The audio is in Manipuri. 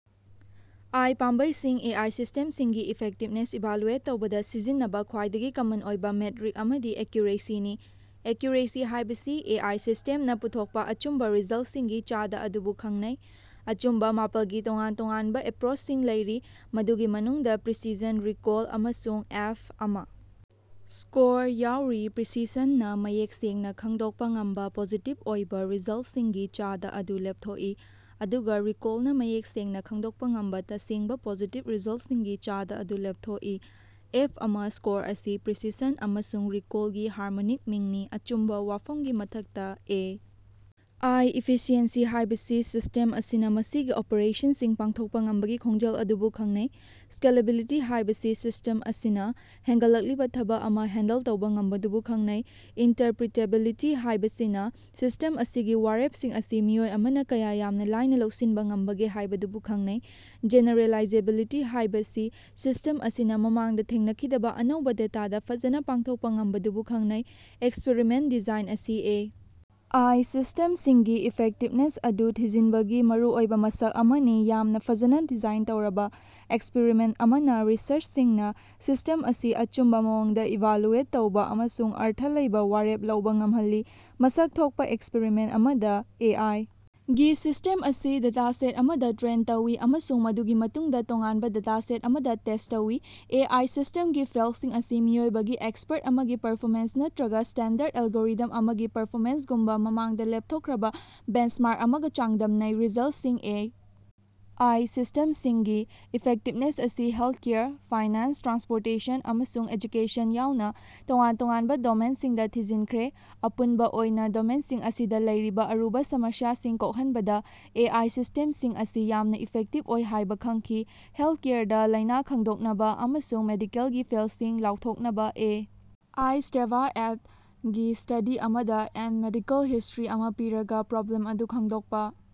ꯑꯥꯏ. ꯄꯥꯝꯕꯩꯁꯤꯡ ꯑꯦ. ꯑꯥꯏ. ꯁꯤꯁ꯭ꯇꯦꯝꯁꯤꯡꯒꯤ ꯏꯐꯦꯛꯇꯤꯕꯅꯦꯁ ꯏꯚꯥꯂꯨꯑꯦꯠ ꯇꯧꯕꯗꯥ ꯁꯤꯖꯤꯟꯅꯕꯥ ꯈ꯭ꯋꯥꯏꯗꯒꯤ ꯀꯃꯟ ꯑꯣꯏꯕꯥ ꯃꯦꯠꯔꯤꯛ ꯑꯃꯗꯤ 'ꯑꯦꯛꯌꯨꯔꯦꯁꯤ'ꯅꯤ꯫ ꯑꯦꯛꯌꯨꯔꯦꯁꯤ ꯍꯥꯏꯕꯁꯤ ꯑꯦ. ꯑꯥꯏ. ꯁꯤꯁ꯭ꯇꯦꯝꯅꯥ ꯄꯨꯊꯣꯛꯄꯥ ꯑꯆꯨꯝꯕꯥ ꯔꯤꯖꯜꯇꯁꯤꯡꯒꯤ ꯆꯥꯗꯥ ꯑꯗꯨꯕꯨ ꯈꯪꯅꯩ꯫ ꯑꯆꯨꯝꯕꯥ ꯃꯥꯄꯜꯒꯤ ꯇꯣꯉꯥꯟ ꯇꯣꯉꯥꯟꯕꯥ ꯑꯦꯞꯄꯔꯣꯆꯁꯤꯡ ꯂꯩꯔꯤ, ꯃꯗꯨꯒꯤ ꯃꯅꯨꯡꯗꯥ ꯄ꯭ꯔꯤꯁꯤꯁꯟ, ꯔꯤꯀꯣꯜ, ꯑꯃꯁꯨꯡ ꯑꯦꯐ.꯱ ꯁ꯭ꯀꯣꯔ ꯌꯥꯎꯔꯤ꯫ ꯄ꯭ꯔꯤꯁꯤꯁꯟꯅꯥ ꯃꯌꯦꯛ ꯁꯦꯡꯅꯥ ꯈꯪꯗꯣꯛꯄꯥ ꯉꯝꯕꯥ ꯄꯣꯖꯤꯇꯤꯕ ꯑꯣꯏꯕꯥ ꯔꯤꯖꯜꯇꯁꯤꯡꯒꯤ ꯆꯥꯗꯥ ꯑꯗꯨ ꯂꯦꯞꯊꯣꯛꯏ, ꯑꯗꯨꯒꯥ ꯔꯤꯀꯣꯜꯅꯥ ꯃꯌꯦꯛ ꯁꯦꯡꯅꯥ ꯈꯪꯗꯣꯛꯄꯥ ꯉꯝꯕꯥ ꯇꯁꯦꯡꯕꯥ ꯄꯣꯖꯤꯇꯤꯕ ꯔꯤꯖꯜꯇꯁꯤꯡꯒꯤ ꯆꯥꯗꯥ ꯑꯗꯨ ꯂꯦꯞꯊꯣꯛꯏ꯫ ꯑꯦꯐꯑꯃ ꯁ꯭ꯀꯣꯔ ꯑꯁꯤ ꯄ꯭ꯔꯤꯁꯤꯁꯟ ꯑꯃꯁꯨꯡ ꯔꯤꯀꯣꯜꯒꯤ ꯍꯥꯔꯃꯣꯅꯤꯛ ꯃꯤꯡꯅꯤ꯫ ꯑꯆꯨꯝꯕꯥ ꯋꯥꯐꯝꯒꯤ ꯃꯊꯛꯇꯥ, ꯑꯦ. ꯑꯥꯏ. ꯏꯐꯤꯁꯤꯑꯦꯟꯁꯤ ꯍꯥꯏꯕꯁꯤ ꯁꯤꯁ꯭ꯇꯦꯝ ꯑꯁꯤꯅꯥ ꯃꯁꯤꯒꯤ ꯑꯣꯄꯔꯦꯁꯟꯁꯤꯡ ꯄꯥꯡꯊꯣꯛꯄꯥ ꯉꯝꯕꯒꯤ ꯈꯣꯡꯖꯦꯜ ꯑꯗꯨꯕꯨ ꯈꯪꯅꯩ꯫ ꯁ꯭ꯀꯦꯂꯦꯕꯤꯂꯤꯇꯤ ꯍꯥꯏꯕꯁꯤ ꯁꯤꯁ꯭ꯇꯦꯝ ꯑꯁꯤꯅꯥ ꯍꯦꯒꯠꯂꯛꯂꯤꯕꯥ ꯊꯕꯛ ꯑꯃꯥ ꯍꯦꯟꯗꯜ ꯇꯧꯕꯥ ꯉꯝꯕꯗꯨꯕꯨ ꯈꯪꯅꯩ꯫ ꯏꯟꯇꯔꯄꯔꯤꯇꯦꯕꯤꯂꯤꯇꯤ ꯍꯥꯏꯕꯁꯤꯅꯥ ꯁꯤꯁ꯭ꯇꯦꯝ ꯑꯁꯤꯒꯤ ꯋꯥꯔꯦꯞꯁꯤꯡ ꯑꯁꯤ ꯃꯤꯑꯣꯏ ꯑꯃꯅꯥ ꯀꯌꯥ ꯌꯥꯝꯅꯥ ꯂꯥꯏꯅꯥ ꯂꯧꯁꯤꯟꯕꯥ ꯉꯝꯕꯒꯦ ꯍꯥꯏꯕꯗꯨꯕꯨ ꯈꯪꯅꯩ꯫ ꯖꯦꯅꯦꯔꯦꯂꯥꯏꯖꯦꯕꯤꯂꯤꯇꯤ ꯍꯥꯏꯕꯁꯤ ꯁꯤꯁ꯭ꯇꯦꯝ ꯑꯁꯤꯅꯥ ꯃꯃꯥꯡꯗꯥ ꯊꯦꯡꯅꯈꯤꯗꯕꯥ ꯑꯅꯧꯕꯥ ꯗꯦꯇꯥꯗꯥ ꯐꯖꯅꯥ ꯄꯥꯡꯊꯣꯛꯄꯥ ꯉꯝꯕꯗꯨꯕꯨ ꯈꯪꯅꯩ꯫ ꯑꯦꯛꯁꯄꯤꯔꯤꯃꯦꯟꯇ ꯗꯤꯖꯥꯏꯟ ꯑꯁꯤ ꯑꯦ. ꯑꯥꯏ. ꯁꯤꯁ꯭ꯇꯦꯝꯁꯤꯡꯒꯤ ꯏꯐꯦꯛꯇꯤꯕꯅꯦꯁ ꯑꯗꯨ ꯊꯤꯖꯤꯟꯕꯒꯤ ꯃꯔꯨꯑꯣꯏꯕꯥ ꯃꯁꯛ ꯑꯃꯅꯤ꯫ ꯌꯥꯝꯅꯥ ꯐꯖꯅꯥ ꯗꯤꯖꯥꯏꯟ ꯇꯧꯔꯕꯥ ꯑꯦꯛꯁꯄꯔꯤꯃꯦꯟꯇ ꯑꯃꯅꯥ ꯔꯤꯁꯔꯆꯔꯁꯤꯡꯅꯥ ꯁꯤꯁ꯭ꯇꯦꯝ ꯑꯁꯤ ꯑꯆꯨꯝꯕꯥ ꯃꯑꯣꯡꯗꯥ ꯏꯚꯥꯂꯨꯑꯦꯠ ꯇꯧꯕꯥ ꯑꯃꯁꯨꯡ ꯑꯔꯊ ꯂꯩꯕꯥ ꯋꯥꯔꯦꯞ ꯂꯧꯕꯥ ꯉꯝꯍꯜꯂꯤ꯫ ꯃꯁꯛ ꯊꯣꯛꯄꯥ ꯑꯦꯛꯁꯄꯔꯤꯃꯦꯟꯇ ꯑꯃꯗꯥ, ꯑꯦ. ꯑꯥꯏ. ꯒꯤ ꯁꯤꯁ꯭ꯇꯦꯝ ꯑꯁꯤ ꯗꯦꯇꯥꯁꯦꯠ ꯑꯃꯗꯥ ꯇ꯭ꯔꯦꯟ ꯇꯧꯏ ꯑꯃꯁꯨꯡ ꯃꯗꯨꯒꯤ ꯃꯇꯨꯡꯗꯥ ꯇꯣꯉꯥꯟꯕꯥ ꯗꯦꯇꯥꯁꯦꯠ ꯑꯃꯗꯥ ꯇꯦꯁ꯭ꯠ ꯇꯧꯏ꯫ ꯑꯦ. ꯑꯥꯏ. ꯁꯤꯁ꯭ꯇꯦꯃꯒꯤ ꯐꯦꯜꯁꯤꯡ ꯑꯁꯤ ꯃꯤꯑꯣꯏꯕꯒꯤ ꯑꯦꯛꯁꯄꯔꯠ ꯑꯃꯒꯤ ꯄꯔꯐꯣꯃꯦꯟꯁ ꯅꯠꯇꯔꯒꯥ ꯁ꯭ꯇꯦꯟꯗꯔꯗ ꯑꯦꯂꯒꯣꯔꯤꯊꯝ ꯑꯃꯒꯤ ꯄꯔꯐꯣꯃꯦꯟꯁꯒꯨꯝꯕꯥ ꯃꯃꯥꯡꯗꯥ ꯂꯦꯞꯊꯣꯛꯈ꯭ꯔꯕꯥ ꯕꯦꯟꯆꯃꯥꯔꯛ ꯑꯃꯒꯥ ꯆꯥꯡꯗꯝꯅꯩ꯫ ꯔꯤꯖꯜꯇꯁꯤꯡ ꯑꯦ. ꯑꯥꯏ. ꯁꯤꯁ꯭ꯇꯦꯝꯁꯤꯡꯒꯤ ꯏꯐꯦꯛꯇꯤꯕꯅꯦꯁ ꯑꯁꯤ ꯍꯦꯜꯀꯦꯌꯔ, ꯐꯥꯏꯅꯥꯟꯁ, ꯇ꯭ꯔꯥꯟꯁꯄꯣꯔꯇꯦꯁꯟ, ꯑꯃꯁꯨꯡ ꯑꯦꯖꯨꯀꯦꯁꯟ ꯌꯥꯎꯅ ꯇꯣꯉꯥꯟ ꯇꯣꯉꯥꯟꯕꯥ ꯗꯣꯃꯦꯟꯁꯤꯡꯗꯥ ꯊꯤꯖꯤꯟꯈ꯭ꯔꯦ꯫ ꯑꯄꯨꯟꯕꯥ ꯑꯣꯏꯅꯥ, ꯗꯣꯃꯦꯟꯁꯤꯡ ꯑꯁꯤꯗꯥ ꯂꯩꯔꯤꯕꯥ ꯑꯔꯨꯕꯥ ꯁꯃꯁ꯭ꯌꯥꯁꯤꯡ ꯀꯣꯍꯟꯕꯗꯥ ꯑꯦ. ꯑꯥꯏ. ꯁꯤꯁ꯭ꯇꯦꯃꯁꯤꯡ ꯑꯁꯤ ꯌꯥꯝꯅꯥ ꯏꯐꯦꯛꯇꯤꯕ ꯑꯣꯏ ꯍꯥꯏꯕꯥ ꯈꯪꯈꯤ ꯫ ꯍꯦꯜꯇꯀꯦꯌꯔꯗꯥ, ꯂꯥꯏꯅꯥ ꯈꯪꯗꯣꯛꯅꯕꯥ ꯑꯃꯁꯨꯡ ꯃꯦꯗꯤꯀꯦꯜꯒꯤ ꯐꯦꯜꯁꯤꯡ ꯂꯥꯎꯊꯣꯛꯅꯕꯥ ꯑꯦ. ꯑꯥꯏ. Esteva et. ꯒꯤ ꯁ꯭ꯇꯗꯤ ꯑꯃꯗꯥ ꯑꯦꯟ ꯃꯦꯗꯤꯀꯦꯜ ꯍꯤꯁ꯭ꯇꯔꯤ ꯑꯃꯥ ꯄꯤꯔꯒꯥ ꯄ꯭ꯔꯣꯕ꯭ꯂꯦꯝ ꯑꯗꯨ ꯈꯪꯗꯣꯛꯄꯥ꯫